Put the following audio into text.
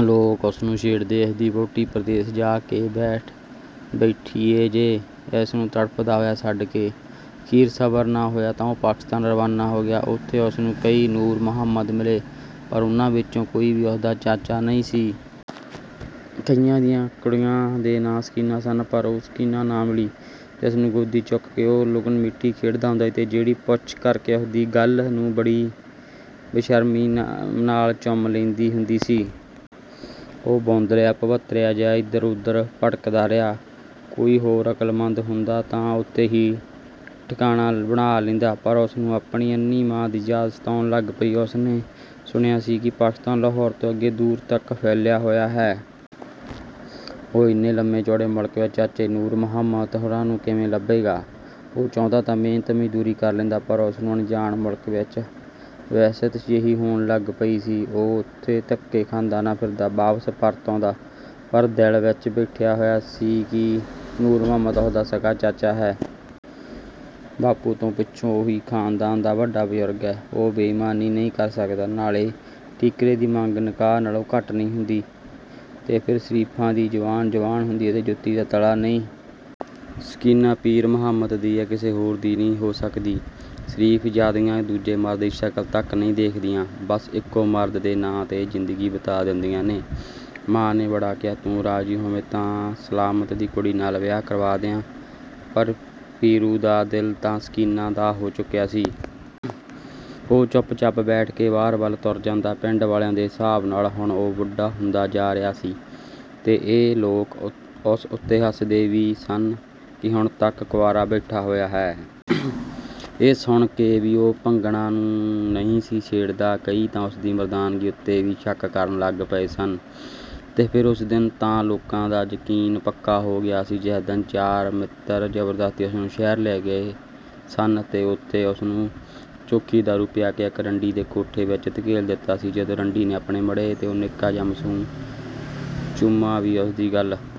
ਲੋਕ ਉਸਨੂੰ ਛੇੜਦੇ, 'ਇਸਦੀ ਵਹੂਟੀ ਪਰਦੇਸ ਜਾ ਬੈਠੀ ਏ ਜੀ, ਇਸਨੂੰ ਤੜਫਦਾ ਹੋਇਆ ਛੱਡ ਕੇ।' ਅਖੀਰ ਸਬਰ ਨਾ ਹੋਇਆ ਤਾਂ ਉਹ ਪਾਕਿਸਤਾਨ ਰਵਾਨਾ ਹੋ ਗਿਆ। ਉੱਥੇ ਉਸਨੂੰ ਕਈ ਨੂਰ ਮੁਹੰਮਦ ਮਿਲੇ, ਪਰ ਉਹਨਾਂ ਵਿੱਚੋਂ ਕੋਈ ਵੀ ਉਸਦਾ ਚਾਚਾ ਨਹੀਂ ਸੀ। ਕਈਆਂ ਦੀਆਂ ਕੁੜੀਆਂ ਦੇ ਨਾਂ ਸਕੀਨਾ ਸਨ, ਪਰ ਉਹ ਸਕੀਨਾ ਨਾ ਮਿਲੀ ਜਿਸਨੂੰ ਗੋਦੀ ਚੁੱਕ ਕੇ ਉਹ ਲੁਕਣ-ਮੀਟੀ ਖੇਡਦਾ ਹੁੰਦਾ ਸੀ ਤੇ ਜਿਹੜੀ 'ਪੁੱਚ' ਕਰਕੇ ਉਸਦੀ ਗੱਲ੍ਹ ਨੂੰ ਬੜੀ ਬੇਸ਼ਰਮੀ ਨਾਲ ਚੁੰਮ ਲੈਂਦੀ ਹੁੰਦੀ ਸੀ। ਉਹ ਬੌਂਦਲਿਆ-ਭੰਵਤਰਿਆ ਜਿਹਾ ਏਧਰ-ਉਧਰ ਭਟਕਦਾ ਰਿਹਾ। ਕੋਈ ਹੋਰ ਅਕਲਮੰਦ ਹੁੰਦਾ ਤਾਂ ਉੱਥੇ ਹੀ ਠਿਕਾਣਾ ਬਣਾ ਲੈਂਦਾ, ਪਰ ਉਸਨੂੰ ਆਪਣੀ ਅੰਨ੍ਹੀ ਮਾਂ ਦੀ ਯਾਦ ਸਤਾਉਣ ਲੱਗ ਪਈ। ਉਸਨੇ ਸੁਣਿਆ ਸੀ, ਪਾਕਿਸਤਾਨ ਲਾਹੌਰ ਤੋਂ ਅੱਗੇ ਦੂਰ ਤੱਕ ਫੈਲਿਆ ਹੋਇਆ ਹੈ। ਉਹ ਏਨੇ ਲੰਮੇ-ਚੌੜੇ ਮੁਲਕ ਵਿੱਚ ਚਾਚੇ ਨੂਰ ਮੁਹੰਮਦ ਹੁਰਾਂ ਨੂੰ ਕਿਵੇਂ ਲੱਭੇਗਾ? ਉਹ ਚਾਹੁੰਦਾ ਤਾਂ ਮਿਹਨਤ-ਮਜ਼ਦੂਰੀ ਕਰ ਲੈਂਦਾ, ਪਰ ਉਸਨੂੰ ਅਣਜਾਣ ਮੁਲਕ ਵਿੱਚ ਵਹਿਸ਼ਤ ਜਿਹੀ ਹੋਣ ਲੱਗ ਪਈ ਸੀ। ਉਹ ਉੱਥੇ ਧੱਕੇ ਖਾਂਦਾ ਨਾ ਫਿਰਦਾ, ਵਾਪਸ ਪਰਤ ਆਉਂਦਾ ਪਰ ਦਿਲ ਵਿੱਚ ਬੈਠਿਆ ਹੋਇਆ ਸੀ ਕਿ ਨੂਰ ਮੁਹੰਮਦ ਉਸਦਾ ਸਕਾ ਚਾਚਾ ਹੈ। ਬਾਪੂ ਤੋਂ ਪਿੱਛੋਂ ਉਹੀ ਖਾਨਦਾਨ ਦਾ ਵੱਡਾ ਬਜ਼ੁਰਗ ਹੈ। ਉਹ ਬੇਈਮਾਨੀ ਨਹੀਂ ਕਰ ਸਕਦਾ। ਨਾਲੇ ਠੀਕਰੇ ਦੀ ਮੰਗ ਨਿਕਾਹ ਨਾਲੋਂ ਘੱਟ ਨਹੀਂ ਹੁੰਦੀ। ਤੇ ਫਿਰ ਸ਼ਰੀਫਾਂ ਦੀ ਜ਼ੁਬਾਨ, ਜ਼ੁਬਾਨ ਹੁੰਦੀ ਹੈ। ਜੁੱਤੀ ਦਾ ਤਲਾ ਨਹੀਂ। ਸਕੀਨਾ ਪੀਰ ਮੁਹੰਮਦ ਦੀ ਹੈ, ਕਿਸੇ ਹੋਰ ਦੀ ਨਹੀਂ ਹੋ ਸਕਦੀ। ਸ਼ਰੀਫ ਜ਼ਾਦੀਆਂ ਦੂਜੇ ਮਰਦ ਦੀ ਸ਼ਕਲ ਤੱਕ ਨਹੀਂ ਦੇਖਦੀਆਂ। ਬੱਸ ਇੱਕੋ ਮਰਦ ਦੇ ਨਾਂ 'ਤੇ ਜ਼ਿੰਦਗੀ ਬਿਤਾ ਦਿੰਦੀਆਂ ਨੇ। ਮਾਂ ਨੇ ਬੜਾ ਕਿਹਾ,"ਤੂੰ ਰਾਜ਼ੀ ਹੋਵੇਂ ਤਾਂ ਸਲਾਮਤ ਦੀ ਕੁੜੀ ਨਾਲ ਵਿਆਹ ਕਰਵਾ ਦਿਆਂ" ਪਰ ਪੀਰੂ ਦਾ ਦਿਲ ਤਾਂ ਸਕੀਨਾ ਦਾ ਹੋ ਚੁੱਕਿਆ ਸੀ। ਉਹ ਚੁੱਪ-ਚਾਪ ਉੱਠ ਕੇ ਬਾਹਰ ਵੱਲ ਤੁਰ ਜਾਂਦਾ। ਪਿੰਡ ਵਾਲਿਆਂ ਦੇ ਹਿਸਾਬ ਨਾਲ ਹੁਣ ਉਹ ਬੁੱਢਾ ਹੁੰਦਾ ਜਾ ਰਿਹਾ ਸੀ ਤੇ ਇਹ ਲੋਕ ਉਸ ਉੱਤੇ ਹੱਸਦੇ ਵੀ ਸਨ ਕਿ ਹੁਣ ਤੱਕ ਕੁਆਰਾ ਬੈਠਾ ਹੋਇਆ ਹੈ। ਇਹ ਸੁਣ ਕੇ ਵੀ ਉਹ ਭੰਗਣਾ ਨੂੰ ਨਹੀਂ ਸੀ ਛੇੜਦਾ, ਕਈ ਤਾਂ ਉਸਦੀ ਮਰਦਾਨਗੀ ਉੱਤੇ ਵੀ ਸ਼ੱਕ ਕਰਨ ਲੱਗ ਪਏ ਸਨ ਤੇ ਫਿਰ ਉਸ ਦਿਨ ਤਾਂ ਲੋਕਾਂ ਦਾ ਯਕੀਨ ਪੱਕਾ ਹੋ ਗਿਆ ਸੀ ਜਿਸ ਦਿਨ ਯਾਰ-ਮਿੱਤਰ ਜ਼ਬਰਦਸਤੀ ਉਸਨੂੰ ਸ਼ਹਿਰ ਲੈ ਗਏ ਸਨ ਤੇ ਉੱਥੇ ਉਸਨੂੰ ਚੋਖੀ ਦਾਰੂ ਪਿਆ ਕੇ ਇੱਕ ਰੰਡੀ ਦੇ ਕੋਠੇ ਵਿੱਚ ਧਕੇਲ ਦਿੱਤਾ ਸੀ‌‌, ਜਦੋਂ ਰੰਡੀ ਨੇ ਆਪਣੇ ਮੜ੍ਹੇ ਤੇ ਉਹ ਨਿੱਕਾ ਜਿਹਾ ਮਾਸੂਮ ਚੁੰਮਾ ਵੀ ਉਸਦੀ ਗੱਲ੍ਹ।